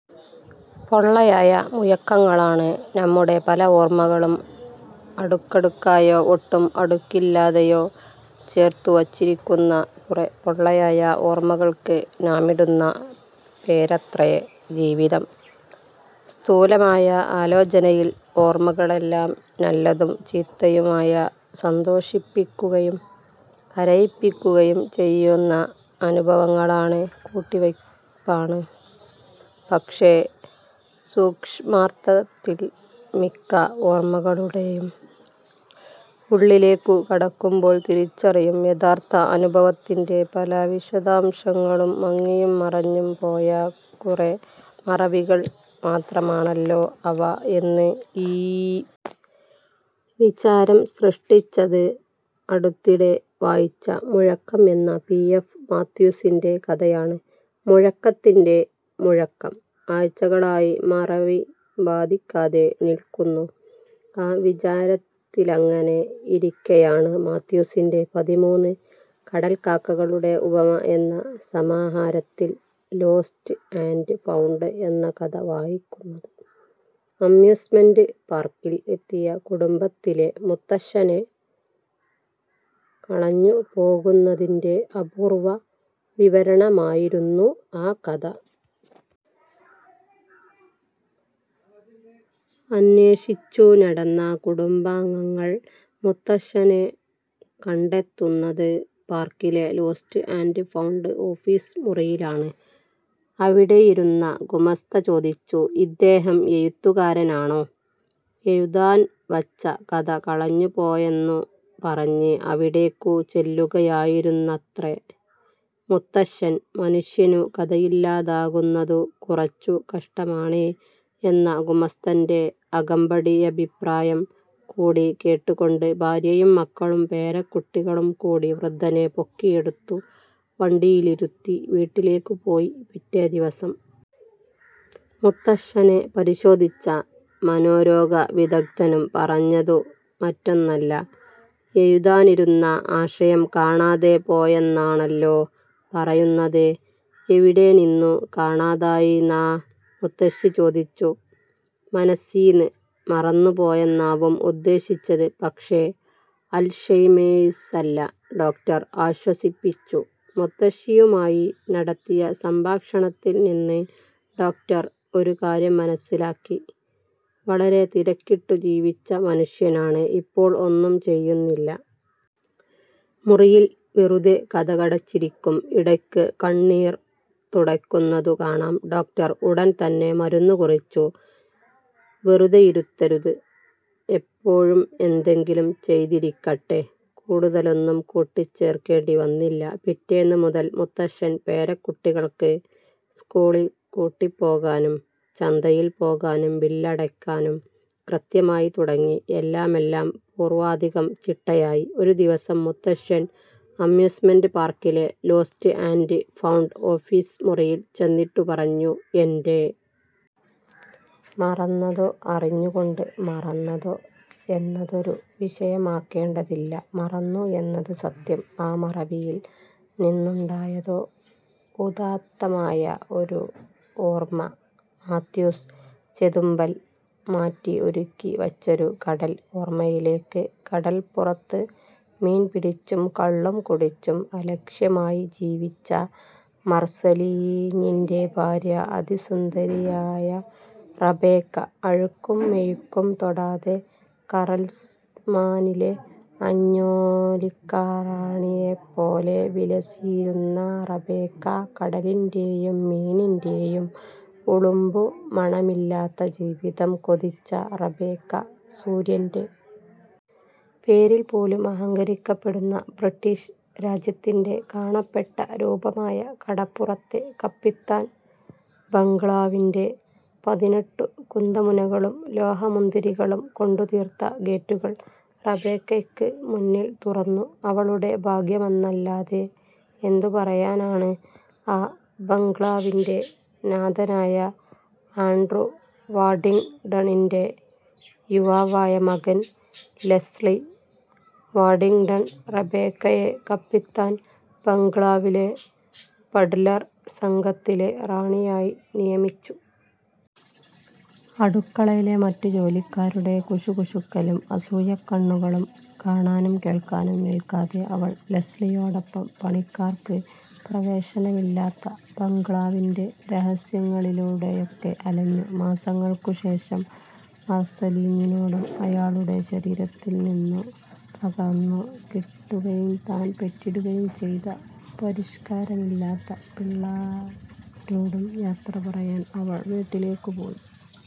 പൊള്ളയായ മുഴക്കങ്ങളാണ് നമ്മുടെ പല ഓർമകളും. അടുക്കടുക്കായോ ഒട്ടും അടുക്കില്ലാതെയോ ചേർത്തുവച്ചിരിക്കുന്ന കുറെ പൊള്ളയായ ഓർമകൾക്ക് നാമിടുന്ന പേരത്രേ ജീവിതം. സ്ഥൂലമായ ആലോചനയിൽ ഓർമകളെല്ലാം നല്ലതും ചീത്തയുമായ, സന്തോഷിപ്പിക്കുകയും കരയിപ്പിക്കുകയും ചെയ്യുന്ന അനുഭവങ്ങളാണ് കൂട്ടിവയ്പാണ്. പക്ഷേ സൂക്ഷ്മാർഥത്തിൽ മിക്ക ഓർമകളുടെയും ഉള്ളിലേക്കു കടക്കുമ്പോൾ തിരിച്ചറിയും, യഥാർഥ അനുഭവത്തിൻ്റെ പല വിശദാംശങ്ങളും മങ്ങിയും മറഞ്ഞും പോയ കുറെ മറവികൾ മാത്രമാണല്ലോ അവ എന്ന്.ഈ വിചാരം സൃഷ്ടിച്ചത് അടുത്തിടെ വായിച്ച മുഴക്കം എന്ന പി എഫ് മാത്യൂസിൻ്റെ കഥയാണ്. മുഴക്കത്തിൻ്റെ മുഴക്കം ആഴ്ചകളായി മറവി ബാധിക്കാതെ നിൽക്കുന്നു. ആ വിചാരത്തിലങ്ങനെ ഇരിക്കെയാണ് മാത്യൂസിൻ്റെ പതിമൂന്ന് കടൽക്കാക്കകളുടെ ഉപമ എന്ന സമാഹാരത്തിൽ ലോസ്റ്റ് ആൻഡ് ഫൗണ്ട് എന്ന കഥ വായിക്കുന്നത്. അമ്മ്യൂസ്മെന്റ് പാർക്കിൽ എത്തിയ കുടുംബത്തിലെ മുത്തശ്ശനെ കളഞ്ഞുപോകുന്നതിൻ്റെ അപൂർവ വിവരണമായിരുന്നു ആ കഥ. അന്വേഷിച്ചുനടന്ന കുടുംബാംഗങ്ങൾ മുത്തശ്ശനെ കണ്ടെത്തുന്നത് പാർക്കിലെ ലോസ്റ്റ് ആൻഡ് ഫൗണ്ട് ഓഫീസ് മുറിയിലാണ്. അവിടെയിരുന്ന ഗുമസ്ത ചോദിച്ചു. ഇദ്ദേഹം എഴുത്തുകാരനാണോ? എഴുതാൻ വച്ച കഥ കളഞ്ഞുപോയെന്നു പറഞ്ഞ് അവിടേക്കു ചെല്ലുകയായിരുന്നത്രെ മുത്തശ്ശൻ. മനുഷ്യനു കഥയില്ലാതാകുന്നതു കുറച്ചു കഷ്ടമാണേ എന്ന ഗുമസ്തൻ്റെ അകമ്പടിയഭിപ്രായം കൂടി കേട്ടുകൊണ്ട് ഭാര്യയും മക്കളും പേരക്കുട്ടികളും കൂടി വൃദ്ധനെ പൊക്കിയെടുത്തു വണ്ടിയിലിരുത്തി വീട്ടിലേക്കു പോയി. പിറ്റേദിവസം മുത്തശ്ശനെ പരിശോധിച്ച മനോരോഗ വിദഗ്ധനും പറഞ്ഞതു മറ്റൊന്നല്ല. എഴുതാനിരുന്ന ആശയം കാണാതെ പോയെന്നാണല്ലോ പറയുന്നത്. എവിടെ നിന്നു കാണാതായീന്നാ? മുത്തശ്ശി ചോദിച്ചു. മനസ്സീന്ന്. മറന്നുപോയെന്നാവും ഉദ്ദേശിച്ചത്. പക്ഷേ അൽഷൈമേഴ്സല്ല. ഡോക്ടർ ആശ്വസിപ്പിച്ചു. മുത്തശ്ശിയുമായി നടത്തിയ സംഭാഷണത്തിൽ നിന്ന് ഡോക്ടർ ഒരു കാര്യം മനസ്സിലാക്കി. വളരെ തിരക്കിട്ടു ജീവിച്ച മനുഷ്യനാണ്. ഇപ്പോൾ ഒന്നും ചെയ്യുന്നില്ല. മുറിയിൽ വെറുതെ കതകടച്ചിരിക്കും. ഇടയ്ക്ക് കണ്ണീർ തുടയ്ക്കുന്നതു കാണാം. ഡോക്ടർ ഉടൻ തന്നെ മരുന്നു കുറിച്ചു. വെറുതെയിരുത്തരുത്. എപ്പോഴും എന്തെങ്കിലും ചെയ്തിരിക്കട്ടെ. കൂടുതലൊന്നും കൂട്ടിച്ചേർക്കേണ്ടി വന്നില്ല. പിറ്റേന്നു മുതൽ മുത്തശ്ശൻ പേരക്കുട്ടികൾക്ക് സ്കൂളിൽ കൂട്ടിപ്പോകാനും ചന്തയിൽ പോകാനും ബില്ലടയ്ക്കാനും കൃത്യമായി തുടങ്ങി. എല്ലാമെല്ലാം പൂർവാധികം ചിട്ടയായി. ഒരു ദിവസം മുത്തശ്ശൻ അമ്യൂസ്മെന്റ് പാർക്കിലെ ലോസ്റ്റ് ആൻഡ് ഫൗണ്ട് ഓഫീസ് മുറിയിൽ ചെന്നിട്ടു പറഞ്ഞു. എൻ്റെ മറന്നതോ അറിഞ്ഞുകൊണ്ട് മറന്നതോ എന്നതൊരു വിഷയമാക്കേണ്ടതില്ല. മറന്നു എന്നത് സത്യം. ആ മറവിയിൽ നിന്നുണ്ടായതോ ഉദാത്തമായ ഒരു ഓർമ. മാത്യൂസ് ചെതുമ്പൽ മാറ്റി ഒരുക്കിവച്ചൊരു കടൽ ഓർമയിലേക്ക് കടൽപ്പുറത്ത് മീൻ പിടിച്ചും കള്ളുകുടിച്ചും അലക്ഷ്യമായി ജീവിച്ച മർസലീഞ്ഞിൻ്റെ ഭാര്യ അതിസുന്ദരിയായ റബേക്ക. അഴുക്കും മെഴുക്കും തൊടാതെ കറൽസ്മാനിലെ അഞ്ജേലിക്കാ റാണിയെപ്പോലെ വിലസിയിരുന്ന റബേക്ക കടലിൻ്റെയും മീനിൻ്റെയും ഉളുമ്പുമണമില്ലാത്ത ജീവിതം കൊതിച്ച റബേക്ക. സൂര്യൻ്റെ പേരിൽ പോലും അഹങ്കരിക്കപ്പെടുന്ന ബ്രിട്ടീഷ് രാജ്യത്തിൻ്റെ കാണപ്പെട്ട രൂപമായ കടപ്പുറത്തെ കപ്പിത്താൻ ബംഗ്ലാവിൻ്റെ പതിനെട്ടുകുന്തമുനകളും ലോഹമുന്തിരികളും കൊണ്ടുതീർത്ത ഗേറ്റുകൾ റബേക്കയ്ക്കു മുന്നിൽ തുറന്നു. അവളുടെ ഭാഗ്യമെന്നല്ലാതെ എന്തു പറയാനാണ്.ആ ബംഗ്ലാവിൻ്റെ നാഥനായ ആൻഡ്രൂ വാഡിങ്ടണിൻ്റെ യുവാവായ മകൻ ലെസ്ലി വാഡിങ്ടൺ റബേക്കയെ കപ്പിത്താൻ ബംഗ്ലാവിലെ ബട്ലർ സംഘത്തിലെ റാണിയായി നിയമിച്ചു. അടുക്കളയിലെ മറ്റു ജോലിക്കാരുടെ കുശുകുശുക്കലും അസൂയക്കണ്ണുകളും കാണാനും കേൾക്കാനും നിൽക്കാതെ അവൾ ലെസ്ലിയോടൊപ്പം പണിക്കാർക്ക് പ്രവേശനമില്ലാത്ത ബംഗ്ലാവിൻ്റെ രഹസ്യങ്ങളിലൂടെയൊക്കെ അലഞ്ഞു. മാസങ്ങൾക്കു ശേഷം മർസലീഞ്ഞിനോടും അയാളുടെ ശരീരത്തിൽനിന്നു പകർന്നുകിട്ടുകയും താൻ പെറ്റിടുകയും ചെയ്ത പരിഷ്കാരമില്ലാത്ത പിള്ളാരോടും യാത്ര പറയാൻ അവൾ വീട്ടിലേക്കു പോയി.